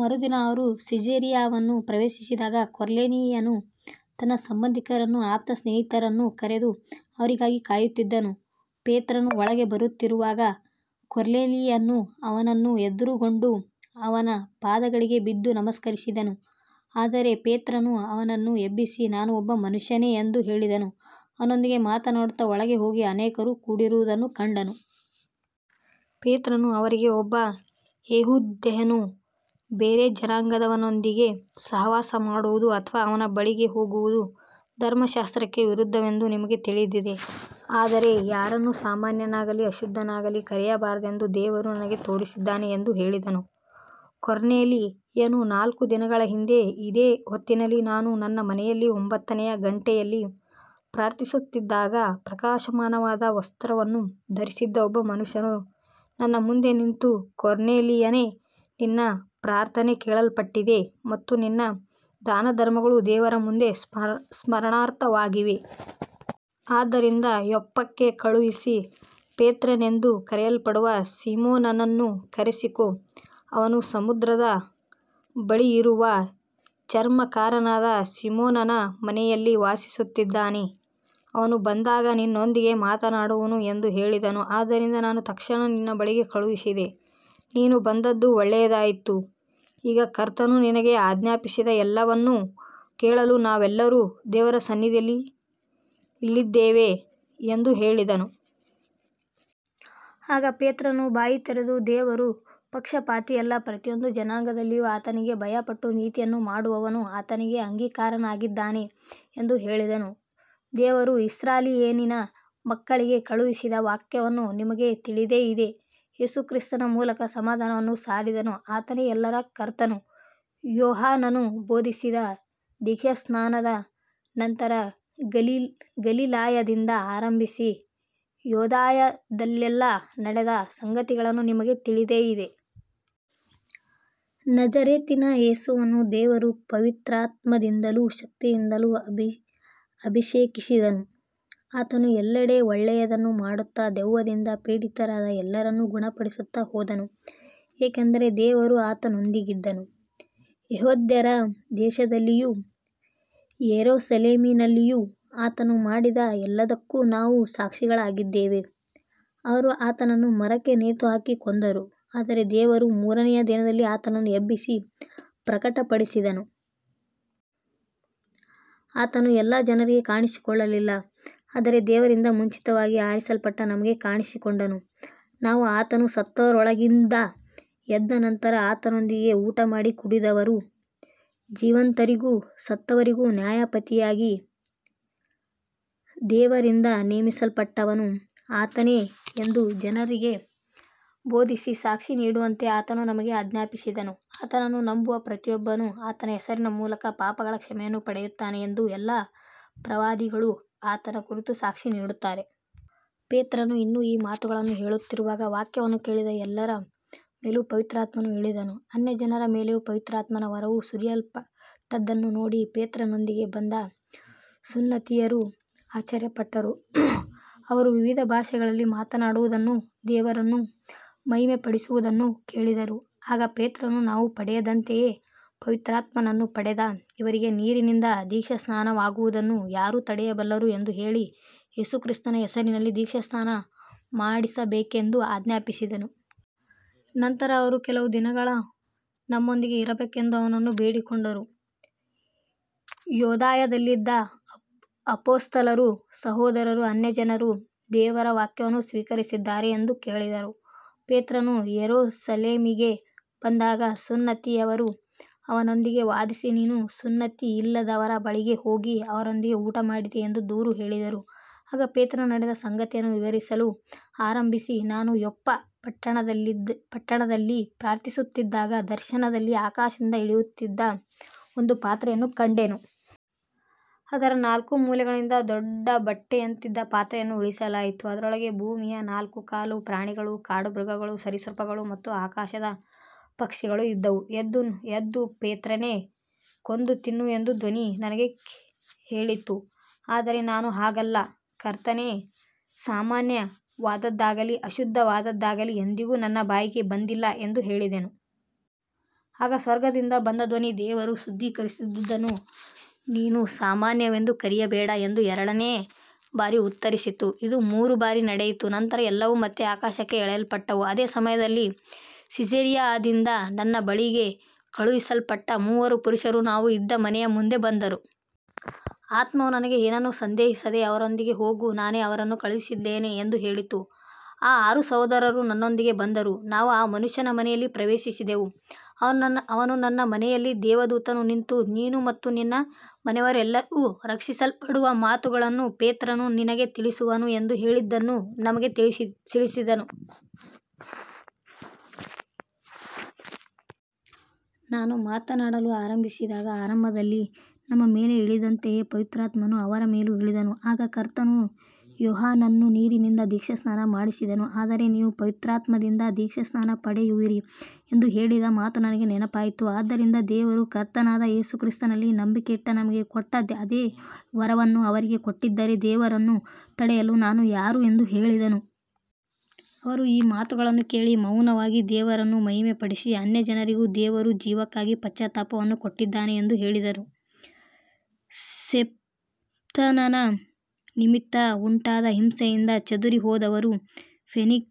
ಮರುದಿನ ಅವರು ಸಿಸೇರಿಯಾವನ್ನು ಪ್ರವೇಶಿಸಿದಾಗ ಕೊರ್ನೇಲಿಯನು ತನ್ನ ಸಂಬಂಧಿಕರನ್ನೂ ಆಪ್ತ ಸ್ನೇಹಿತರನ್ನೂ ಕರೆದು ಅವರಿಗಾಗಿ ಕಾಯುತ್ತಿದ್ದನು. ಪೇತ್ರನು ಒಳಗೆ ಬರುತ್ತಿರುವಾಗ ಕೊರ್ನೇಲಿಯನು ಅವನನ್ನು ಎದುರುಗೊಂಡು ಅವನ ಪಾದಗಳಿಗೆ ಬಿದ್ದು ನಮಸ್ಕರಿಸಿದನು. ಆದರೆ ಪೇತ್ರನು ಅವನನ್ನು ಎಬ್ಬಿಸಿ, ನಾನೂ ಒಬ್ಬ ಮನುಷ್ಯನೇ ಎಂದು ಹೇಳಿದನು. ಅವನೊಂದಿಗೆ ಮಾತನಾಡುತ್ತಾ ಒಳಗೆ ಹೋಗಿ ಅನೇಕರು ಕೂಡಿರುವುದನ್ನು ಕಂಡನು. ಪೇತ್ರನು ಅವರಿಗೆ, ಒಬ್ಬ ಯೆಹೂದ್ಯನು ಬೇರೆ ಜನಾಂಗದವನೊಂದಿಗೆ ಸಹವಾಸ ಮಾಡುವುದು ಅಥವಾ ಅವನ ಬಳಿಗೆ ಹೋಗುವುದು ಧರ್ಮಶಾಸ್ತ್ರಕ್ಕೆ ವಿರುದ್ಧವೆಂದು ನಿಮಗೆ ತಿಳಿದಿದೆ. ಆದರೆ ಯಾರನ್ನೂ ಸಾಮಾನ್ಯನಾಗಲಿ ಅಶುದ್ಧನಾಗಲಿ ಕರೆಯಬಾರದೆಂದು ದೇವರು ನನಗೆ ತೋರಿಸಿದ್ದಾನೆ ಎಂದು ಹೇಳಿದನು. ಕೊರ್ನೇಲಿಯನು, ನಾಲ್ಕು ದಿನಗಳ ಹಿಂದೆ ಇದೇ ಹೊತ್ತಿನಲ್ಲಿ ನಾನು ನನ್ನ ಮನೆಯಲ್ಲಿ ಒಂಬತ್ತನೆಯ ಗಂಟೆಯಲ್ಲಿ ಪ್ರಾರ್ಥಿಸುತ್ತಿದ್ದಾಗ ಪ್ರಕಾಶಮಾನವಾದ ವಸ್ತ್ರವನ್ನು ಧರಿಸಿದ ಒಬ್ಬ ಮನುಷ್ಯನು ನನ್ನ ಮುಂದೆ ನಿಂತು, ಕೊರ್ನೇಲಿಯನೇ, ನಿನ್ನ ಪ್ರಾರ್ಥನೆ ಕೇಳಲ್ಪಟ್ಟಿದೆ ಮತ್ತು ನಿನ್ನ ದಾನಧರ್ಮಗಳು ದೇವರ ಮುಂದೆ ಸ್ಮರಣಾರ್ಥವಾಗಿವೆ. ಆದ್ದರಿಂದ ಯೊಪ್ಪಕ್ಕೆ ಕಳುಹಿಸಿ ಪೇತ್ರನೆಂದು ಕರೆಯಲ್ಪಡುವ ಸೀಮೋನನನ್ನು ಕರೆಸಿಕೊ. ಅವನು ಸಮುದ್ರದ ಬಳಿಯಿರುವ ಚರ್ಮಕಾರನಾದ ಸೀಮೋನನ ಮನೆಯಲ್ಲಿ ವಾಸಿಸುತ್ತಿದ್ದಾನೆ. ಅವನು ಬಂದಾಗ ನಿನ್ನೊಂದಿಗೆ ಮಾತನಾಡುವನು ಎಂದು ಹೇಳಿದನು. ಆದ್ದರಿಂದ ನಾನು ತಕ್ಷಣ ನಿನ್ನ ಬಳಿಗೆ ಕಳುಹಿಸಿದೆ. ನೀನು ಬಂದದ್ದು ಒಳ್ಳೆಯದಾಯಿತು. ಈಗ ಕರ್ತನು ನಿನಗೆ ಆಜ್ಞಾಪಿಸಿದ ಎಲ್ಲವನ್ನೂ ಕೇಳಲು ನಾವೆಲ್ಲರೂ ದೇವರ ಸನ್ನಿಧಿಯಲ್ಲಿ ಇಲ್ಲಿದ್ದೇವೆ ಎಂದು ಹೇಳಿದನು. ಆಗ ಪೇತ್ರನು ಬಾಯಿ ತೆರೆದು, ದೇವರು ಪಕ್ಷಪಾತಿಯಲ್ಲ, ಪ್ರತಿಯೊಂದು ಜನಾಂಗದಲ್ಲಿಯೂ ಆತನಿಗೆ ಭಯಪಟ್ಟು ನೀತಿಯನ್ನು ಮಾಡುವವನು ಆತನಿಗೆ ಅಂಗೀಕಾರನಾಗಿದ್ದಾನೆ ಎಂದು ಹೇಳಿದನು. ದೇವರು ಇಸ್ರಾಯೇಲಿನ ಮಕ್ಕಳಿಗೆ ಕಳುಹಿಸಿದ ವಾಕ್ಯವನ್ನು ನಿಮಗೆ ತಿಳಿದೇ ಇದೆ. ಯೇಸುಕ್ರಿಸ್ತನ ಮೂಲಕ ಸಮಾಧಾನವನ್ನು ಸಾರಿದನು. ಆತನೇ ಎಲ್ಲರ ಕರ್ತನು. ಯೋಹಾನನು ಬೋಧಿಸಿದ ದೀಕ್ಷಾಸ್ನಾನದ ನಂತರ ಗಲಿಲಾಯದಿಂದ ಆರಂಭಿಸಿ ಯೂದಾಯದಲ್ಲೆಲ್ಲಾ ನಡೆದ ಸಂಗತಿಗಳನ್ನು ನಿಮಗೆ ತಿಳಿದೇ ಇದೆ. ನಜರೇತಿನ ಯೇಸುವನ್ನು ದೇವರು ಪವಿತ್ರಾತ್ಮದಿಂದಲೂ ಶಕ್ತಿಯಿಂದಲೂ ಅಭಿಷೇಕಿಸಿದನು. ಆತನು ಎಲ್ಲೆಡೆ ಒಳ್ಳೆಯದನ್ನು ಮಾಡುತ್ತಾ, ದೆವ್ವದಿಂದ ಪೀಡಿತರಾದ ಎಲ್ಲರನ್ನು ಗುಣಪಡಿಸುತ್ತಾ ಹೋದನು, ಏಕೆಂದರೆ ದೇವರು ಆತನೊಂದಿಗಿದ್ದನು. ಯೆಹೂದ್ಯರ ದೇಶದಲ್ಲಿಯೂ ಯೆರೂಸಲೇಮಿನಲ್ಲಿಯೂ ಆತನು ಮಾಡಿದ ಎಲ್ಲದಕ್ಕೂ ನಾವು ಸಾಕ್ಷಿಗಳಾಗಿದ್ದೇವೆ. ಅವರು ಆತನನ್ನು ಮರಕ್ಕೆ ನೇತುಹಾಕಿ ಕೊಂದರು. ಆದರೆ ದೇವರು ಮೂರನೆಯ ದಿನದಲ್ಲಿ ಆತನನ್ನು ಎಬ್ಬಿಸಿ ಪ್ರಕಟಪಡಿಸಿದನು. ಆತನು ಎಲ್ಲಾ ಜನರಿಗೆ ಕಾಣಿಸಿಕೊಳ್ಳಲಿಲ್ಲ, ಆದರೆ ದೇವರಿಂದ ಮುಂಚಿತವಾಗಿ ಆರಿಸಲ್ಪಟ್ಟ ನಮಗೆ ಕಾಣಿಸಿಕೊಂಡನು. ನಾವು ಆತನು ಸತ್ತವರೊಳಗಿಂದ ಎದ್ದ ನಂತರ ಆತನೊಂದಿಗೆ ಊಟಮಾಡಿ ಕುಡಿದವರು. ಜೀವಂತರಿಗೂ ಸತ್ತವರಿಗೂ ನ್ಯಾಯಾಧಿಪತಿಯಾಗಿ ದೇವರಿಂದ ನೇಮಿಸಲ್ಪಟ್ಟವನು ಆತನೇ ಎಂದು ಜನರಿಗೆ ಬೋಧಿಸಿ ಸಾಕ್ಷಿ ನೀಡುವಂತೆ ಆತನು ನಮಗೆ ಆಜ್ಞಾಪಿಸಿದನು. ಆತನನ್ನು ನಂಬುವ ಪ್ರತಿಯೊಬ್ಬನೂ ಆತನ ಹೆಸರಿನ ಮೂಲಕ ಪಾಪಗಳ ಕ್ಷಮೆಯನ್ನು ಪಡೆಯುತ್ತಾನೆ ಎಂದು ಎಲ್ಲಾ ಪ್ರವಾದಿಗಳೂ ಆತನ ಕುರಿತು ಸಾಕ್ಷಿ ನೀಡುತ್ತಾರೆ. ಪೇತ್ರನು ಇನ್ನೂ ಈ ಮಾತುಗಳನ್ನು ಹೇಳುತ್ತಿರುವಾಗ ವಾಕ್ಯವನ್ನು ಕೇಳಿದ ಎಲ್ಲರ ಮೇಲೂ ಪವಿತ್ರಾತ್ಮನು ಇಳಿದನು. ಅನ್ಯಜನರ ಮೇಲೆಯೂ ಪವಿತ್ರಾತ್ಮನ ವರವು ಸುರಿಯಲ್ಪಟ್ಟದ್ದನ್ನು ನೋಡಿ ಪೇತ್ರನೊಂದಿಗೆ ಬಂದ ಸುನ್ನತಿಯವರು ಆಶ್ಚರ್ಯಪಟ್ಟರು. ಅವರು ವಿವಿಧ ಭಾಷೆಗಳಲ್ಲಿ ಮಾತನಾಡುವುದನ್ನೂ ದೇವರನ್ನು ಮಹಿಮೆಪಡಿಸುವುದನ್ನೂ ಕೇಳಿದರು. ಆಗ ಪೇತ್ರನು, ನಾವು ಪಡೆದಂತೆಯೇ ಪವಿತ್ರಾತ್ಮವನ್ನು ಪಡೆದ ಇವರಿಗೆ ನೀರಿನಿಂದ ದೀಕ್ಷಾಸ್ನಾನವಾಗುವುದನ್ನು ಯಾರು ತಡೆಯಬಲ್ಲರು ಎಂದು ಹೇಳಿ, ಯೇಸುಕ್ರಿಸ್ತನ ಹೆಸರಿನಲ್ಲಿ ದೀಕ್ಷಾಸ್ನಾನ ಮಾಡಿಸಬೇಕೆಂದು ಆಜ್ಞಾಪಿಸಿದನು. ನಂತರ ಅವರು ಕೆಲವು ದಿನಗಳು ತಮ್ಮೊಂದಿಗೆ ಇರಬೇಕೆಂದು ಅವನನ್ನು ಬೇಡಿಕೊಂಡರು. ಯೂದಾಯದಲ್ಲಿದ್ದ ಅಪೊಸ್ತಲರೂ ಸಹೋದರರೂ ಅನ್ಯಜನರೂ ದೇವರ ವಾಕ್ಯವನ್ನು ಸ್ವೀಕರಿಸಿದ್ದಾರೆ ಎಂದು ಕೇಳಿದರು. ಪೇತ್ರನು ಯೆರೂಸಲೇಮಿಗೆ ಬಂದಾಗ ಸುನ್ನತಿಯವರು ಅವನೊಂದಿಗೆ ವಾದಿಸಿ, ನೀನು ಸುನ್ನತಿಯಿಲ್ಲದವರ ಬಳಿಗೆ ಹೋಗಿ ಅವರೊಂದಿಗೆ ಊಟಮಾಡಿದೆ ಎಂದು ದೂರು ಹೇಳಿದರು. ಆಗ ಪೇತ್ರನು ನಡೆದ ಸಂಗತಿಯನ್ನು ವಿವರಿಸಲು ಆರಂಭಿಸಿ, ನಾನು ಯೊಪ್ಪ ಪಟ್ಟಣದಲ್ಲಿ ಪ್ರಾರ್ಥಿಸುತ್ತಿದ್ದಾಗ ದರ್ಶನದಲ್ಲಿ ಆಕಾಶದಿಂದ ಇಳಿಯುತ್ತಿದ್ದ ಒಂದು ಪಾತ್ರೆಯನ್ನು ಕಂಡೆನು. ಅದರ ನಾಲ್ಕು ಮೂಲೆಗಳಿಂದ ದೊಡ್ಡ ಬಟ್ಟೆಯಂತಿದ್ದ ಪಾತ್ರೆಯನ್ನು ಇಳಿಸಲಾಯಿತು. ಅದರೊಳಗೆ ಭೂಮಿಯ ನಾಲ್ಕುಕಾಲು ಪ್ರಾಣಿಗಳು, ಕಾಡುಮೃಗಗಳು, ಸರೀಸೃಪಗಳು ಮತ್ತು ಆಕಾಶದ ಪಕ್ಷಿಗಳು ಇದ್ದವು. ಎದ್ದು ಪೇತ್ರನೇ, ಕೊಂದು ತಿನ್ನು ಎಂದು ಧ್ವನಿ ನನಗೆ ಹೇಳಿತು. ಆದರೆ ನಾನು, ಹಾಗಲ್ಲ ಕರ್ತನೇ, ಸಾಮಾನ್ಯವಾದದ್ದಾಗಲಿ ಅಶುದ್ಧವಾದದ್ದಾಗಲಿ ಎಂದಿಗೂ ನನ್ನ ಬಾಯಿಗೆ ಬಂದಿಲ್ಲ ಎಂದು ಹೇಳಿದೆನು. ಆಗ ಸ್ವರ್ಗದಿಂದ ಬಂದ ಧ್ವನಿ, ದೇವರು ಶುದ್ಧೀಕರಿಸಿದುದನ್ನು ನೀನು ಸಾಮಾನ್ಯವೆಂದು ಕರೆಯಬೇಡ ಎಂದು ಎರಡನೆಯ ಬಾರಿ ಉತ್ತರಿಸಿತು. ಇದು ಮೂರು ಬಾರಿ ನಡೆಯಿತು. ನಂತರ ಎಲ್ಲವೂ ಮತ್ತೆ ಆಕಾಶಕ್ಕೆ ಎಳೆಯಲ್ಪಟ್ಟವು. ಅದೇ ಸಮಯದಲ್ಲಿ ಸಿಸೇರಿಯಾದಿಂದ ನನ್ನ ಬಳಿಗೆ ಕಳುಹಿಸಲ್ಪಟ್ಟ ಮೂವರು ಪುರುಷರು ನಾವು ಇದ್ದ ಮನೆಯ ಮುಂದೆ ಬಂದರು. ಆತ್ಮವು ನನಗೆ, ಏನನ್ನೂ ಸಂದೇಹಿಸದೆ ಅವರೊಂದಿಗೆ ಹೋಗು, ನಾನೇ ಅವರನ್ನು ಕಳುಹಿಸಿದ್ದೇನೆ ಎಂದು ಹೇಳಿತು. ಈ ಆರು ಸಹೋದರರೂ ನನ್ನೊಂದಿಗೆ ಬಂದರು, ನಾವು ಆ ಮನುಷ್ಯನ ಮನೆಯಲ್ಲಿ ಪ್ರವೇಶಿಸಿದೆವು. ಅವನು ತನ್ನ ಮನೆಯಲ್ಲಿ ದೇವದೂತನು ನಿಂತು, ನೀನು ಮತ್ತು ನಿನ್ನ ಮನೆಯವರೆಲ್ಲರೂ ರಕ್ಷಿಸಲ್ಪಡುವ ಮಾತುಗಳನ್ನು ಪೇತ್ರನು ನಿನಗೆ ತಿಳಿಸುವನು ಎಂದು ಹೇಳಿದ್ದನ್ನು ನಮಗೆ ತಿಳಿಸಿದನು. ನಾನು ಮಾತನಾಡಲು ಆರಂಭಿಸಿದಾಗ ಆರಂಭದಲ್ಲಿ ನಮ್ಮ ಮೇಲೆ ಇಳಿದಂತೆಯೇ ಪವಿತ್ರಾತ್ಮನು ಅವರ ಮೇಲೂ ಇಳಿದನು. ಆಗ ಕರ್ತನು, ಯೋಹಾನನು ನೀರಿನಿಂದ ದೀಕ್ಷಾಸ್ನಾನ ಮಾಡಿಸಿದನು, ಆದರೆ ನೀವು ಪವಿತ್ರಾತ್ಮದಿಂದ ದೀಕ್ಷಾಸ್ನಾನ ಪಡೆಯುವಿರಿ ಎಂದು ಹೇಳಿದ ಮಾತು ನನಗೆ ನೆನಪಾಯಿತು. ಆದ್ದರಿಂದ ದೇವರು ಕರ್ತನಾದ ಯೇಸುಕ್ರಿಸ್ತನಲ್ಲಿ ನಂಬಿಕೆಯಿಟ್ಟ ನಮಗೆ ಕೊಟ್ಟ ಅದೇ ವರವನ್ನು ಅವರಿಗೆ ಕೊಟ್ಟಿದ್ದರೆ, ದೇವರನ್ನು ತಡೆಯಲು ನಾನು ಯಾರು ಎಂದು ಹೇಳಿದೆನು. ಅವರು ಈ ಮಾತುಗಳನ್ನು ಕೇಳಿ ಮೌನವಾಗಿ ದೇವರನ್ನು ಮಹಿಮೆಪಡಿಸಿ, ಅನ್ಯಜನರಿಗೂ ದೇವರು ಜೀವಕ್ಕಾಗಿ ಪಶ್ಚಾತ್ತಾಪವನ್ನು ಕೊಟ್ಟಿದ್ದಾನೆ ಎಂದು ಹೇಳಿದರು. ಸ್ತೇಫನನ ನಿಮಿತ್ತ ಉಂಟಾದ ಹಿಂಸೆಯಿಂದ ಚದುರಿಹೋದವರು ಫೆನೀಕ,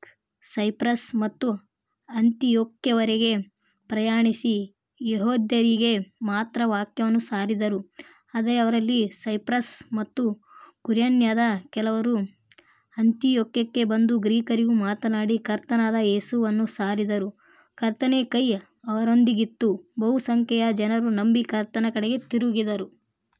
ಸೈಪ್ರಸ್ ಮತ್ತು ಅಂತಿಯೋಕ್ಯವರೆಗೆ ಪ್ರಯಾಣಿಸಿ, ಯೆಹೂದ್ಯರಿಗೆ ಮಾತ್ರ ವಾಕ್ಯವನ್ನು ಸಾರಿದರು. ಆದರೆ ಅವರಲ್ಲಿ ಸೈಪ್ರಸ್ ಮತ್ತು ಕುರೇನ್ಯದ ಕೆಲವರು ಅಂತಿಯೋಕ್ಯಕ್ಕೆ ಬಂದು ಗ್ರೀಕರಿಗೂ ಮಾತನಾಡಿ ಕರ್ತನಾದ ಯೇಸುವನ್ನು ಸಾರಿದರು. ಕರ್ತನ ಕೈ ಅವರೊಂದಿಗಿತ್ತು. ಬಹುಸಂಖ್ಯೆಯ ಜನರು ನಂಬಿ ಕರ್ತನ ಕಡೆಗೆ ತಿರುಗಿದರು.